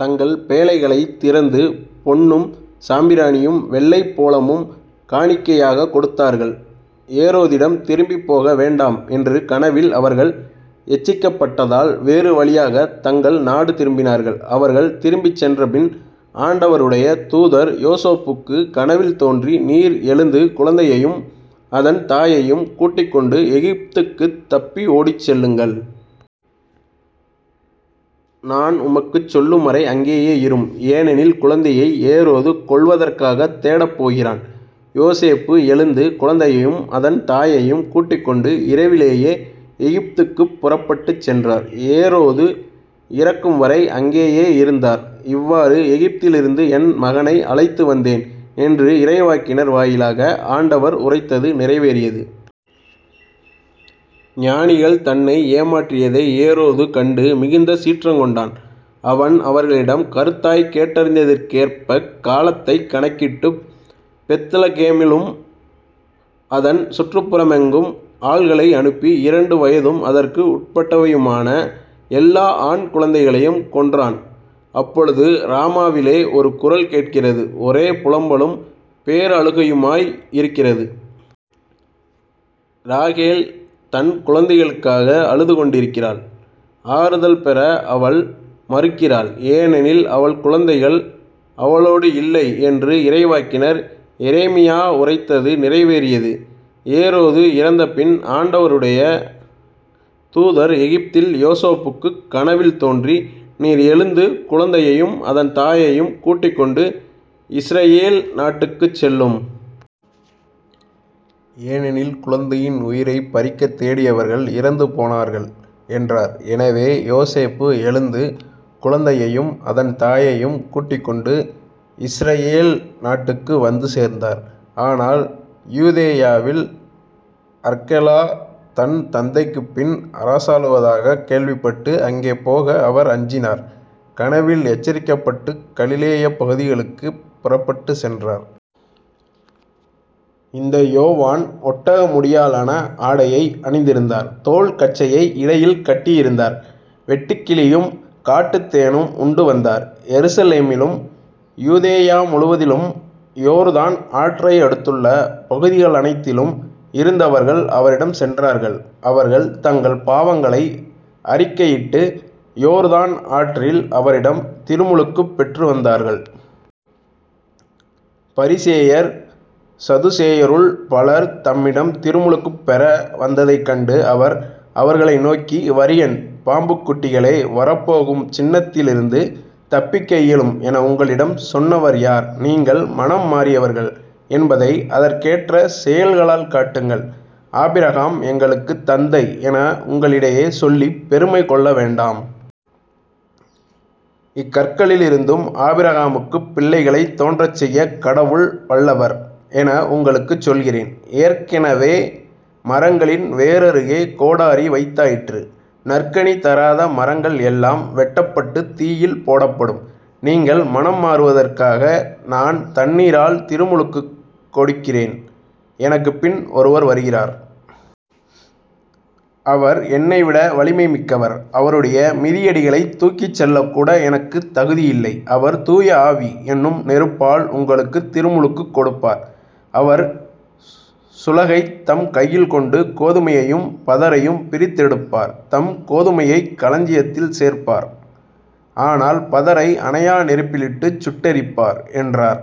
தங்கள் பேழைகளைத் திறந்து பொன்னும் சாம்பிராணியும் வெள்ளைப் போளமும் காணிக்கையாகக் கொடுத்தார்கள். ஏரோதிடம் திரும்பிப் போக வேண்டாம் என்று கனவில் அவர்கள் எச்சிக்கப்பட்டதால் வேறு வழியாகத் தங்கள் நாடு திரும்பினார்கள். அவர்கள் திரும்பிச் சென்றபின் ஆண்டவருடைய தூதர் யோசேப்புக்குக் கனவில் தோன்றி நீர் எழுந்து குழந்தையையும் அதன் தாயையும் கூட்டிக் கொண்டு எகிப்துக்குத் தப்பி ஓடிச் செல்லுங்கள். நான் உமக்குச் சொல்லும்வரை அங்கேயே இரும். ஏனெனில், குழந்தையை ஏரோது கொல்வதற்காகத் தேடப்போகிறான். யோசேப்பு எழுந்து, குழந்தையையும் அதன் தாயையும் கூட்டிக்கொண்டு, இரவிலேயே எகிப்துக்குப் புறப்பட்டுச் சென்றார். ஏரோது இறக்கும்வரை அங்கேயே இருந்தார். இவ்வாறு, எகிப்திலிருந்து என் மகனை அழைத்து வந்தேன் என்று இறைவாக்கினர் வாயிலாக ஆண்டவர் உரைத்தது நிறைவேறியது. ஞானிகள் தன்னை ஏமாற்றியதை ஏரோது கண்டு மிகுந்த சீற்றங் கொண்டான். அவன் அவர்களிடம் கருத்தாய்க் கேட்டறிந்ததற்கேற்பக் காலத்தைக் கணக்கிட்டுப் பெத்லகேமிலும் அதன் சுற்றுப்புறமெங்கும் ஆள்களை அனுப்பி இரண்டு வயதும் அதற்கு உட்பட்டவையுமான எல்லா ஆண் குழந்தைகளையும் கொன்றான். அப்பொழுது ராமாவிலே ஒரு குரல் கேட்கிறது. ஒரே புலம்பலும் பேரழுகையுமாய் இருக்கிறது. இராகேல் தன் குழந்தைகளுக்காக அழுதுகொண்டிருக்கிறாள். ஆறுதல் பெற அவள் மறுக்கிறாள். ஏனெனில் அவள் குழந்தைகள் அவளோடு இல்லை என்று இறைவாக்கினர் எரேமியா உரைத்தது நிறைவேறியது. ஏரோது இறந்தபின், ஆண்டவருடைய தூதர் எகிப்தில் யோசேப்புக்குக் கனவில் தோன்றி நீர் எழுந்து குழந்தையையும் அதன் தாயையும் கூட்டிக்கொண்டு இஸ்ரயேல் நாட்டுக்குச் செல்லும். ஏனெனில் குழந்தையின் உயிரைப் பறிக்கத் தேடியவர்கள் இறந்து போனார்கள் என்றார். எனவே, யோசேப்பு எழுந்து குழந்தையையும் அதன் தாயையும் கூட்டிக்கொண்டு இஸ்ரயேல் நாட்டுக்கு வந்து சேர்ந்தார். ஆனால் யூதேயாவில் அர்க்கெலா தன் தந்தைக்குப்பின் அரசாளுவதாகக் கேள்விப்பட்டு அங்கே போக அவர் அஞ்சினார். கனவில் எச்சரிக்கப்பட்டுக் கலிலேயப் பகுதிகளுக்குப் புறப்பட்டுச் சென்றார். இந்த யோவான் ஒட்டக முடியாலான ஆடையை அணிந்திருந்தார். தோல் கச்சையை இடையில் கட்டி இருந்தார். வெட்டுக்கிளியும் காட்டுத்தேனும் உண்டு வந்தார். எருசலேமிலும் யூதேயாமுழுவதிலும் யோர்தான் ஆற்றை அடுத்துள்ள பகுதிகளனைத்திலும் இருந்தவர்கள் அவரிடம் சென்றார்கள். அவர்கள் தங்கள் பாவங்களை அறிக்கையிட்டு யோர்தான் ஆற்றில் அவரிடம் திருமுழுக்குப் பெற்றுவந்தார்கள். பரிசேயர், சதுசேயருள் பலர் தம்மிடம் திருமுழுக்குப் பெற வருவதைக் கண்டு அவர் அவர்களை நோக்கி வரியன் பாம்புக் குட்டிகளே வரப்போகும் சினத்திலிருந்து தப்பிக்க இயலும் என உங்களிடம் சொன்னவர் யார்? நீங்கள் மனம் மாறியவர்கள் என்பதை அதற்கேற்ற செயல்களால் காட்டுங்கள். ஆபிரகாம் எங்களுக்குத் தந்தை என உங்களிடையே சொல்லிப் பெருமை கொள்ள வேண்டாம். இக்கற்களிலிருந்தும் ஆபிரகாமுக்குப் பிள்ளைகளைத் தோன்றச் செய்யக் கடவுள் வல்லவர் என உங்களுக்குச் சொல்கிறேன். ஏற்கெனவே மரங்களின் வேரருகே கோடரி வைத்தாயிற்று. நற்கனி தராத மரங்கள் எல்லாம் வெட்டப்பட்டுத் தீயில் போடப்படும். நீங்கள் மனம் மாறுவதற்காக நான் தண்ணீரால் திருமுழுக்குக் கொடுக்கிறேன். எனக்குப் பின் ஒருவர் வருகிறார். அவர் என்னைவிட வலிமை மிக்கவர். அவருடைய மிதியடிகளைத் தூக்கிச் செல்லக்கூட எனக்குத் தகுதியில்லை. அவர் தூய ஆவி என்னும் நெருப்பால் உங்களுக்குத் திருமுழுக்குக் கொடுப்பார். அவர் சுளகைத் தம் கையில் கொண்டு கோதுமையையும் பதரையும் பிரித்தெடுப்பார் தம் கோதுமையைக் களஞ்சியத்தில் சேர்ப்பார் ஆனால் பதரை அணையா நெருப்பிலிட்டுச் சுட்டெரிப்பார் என்றார்.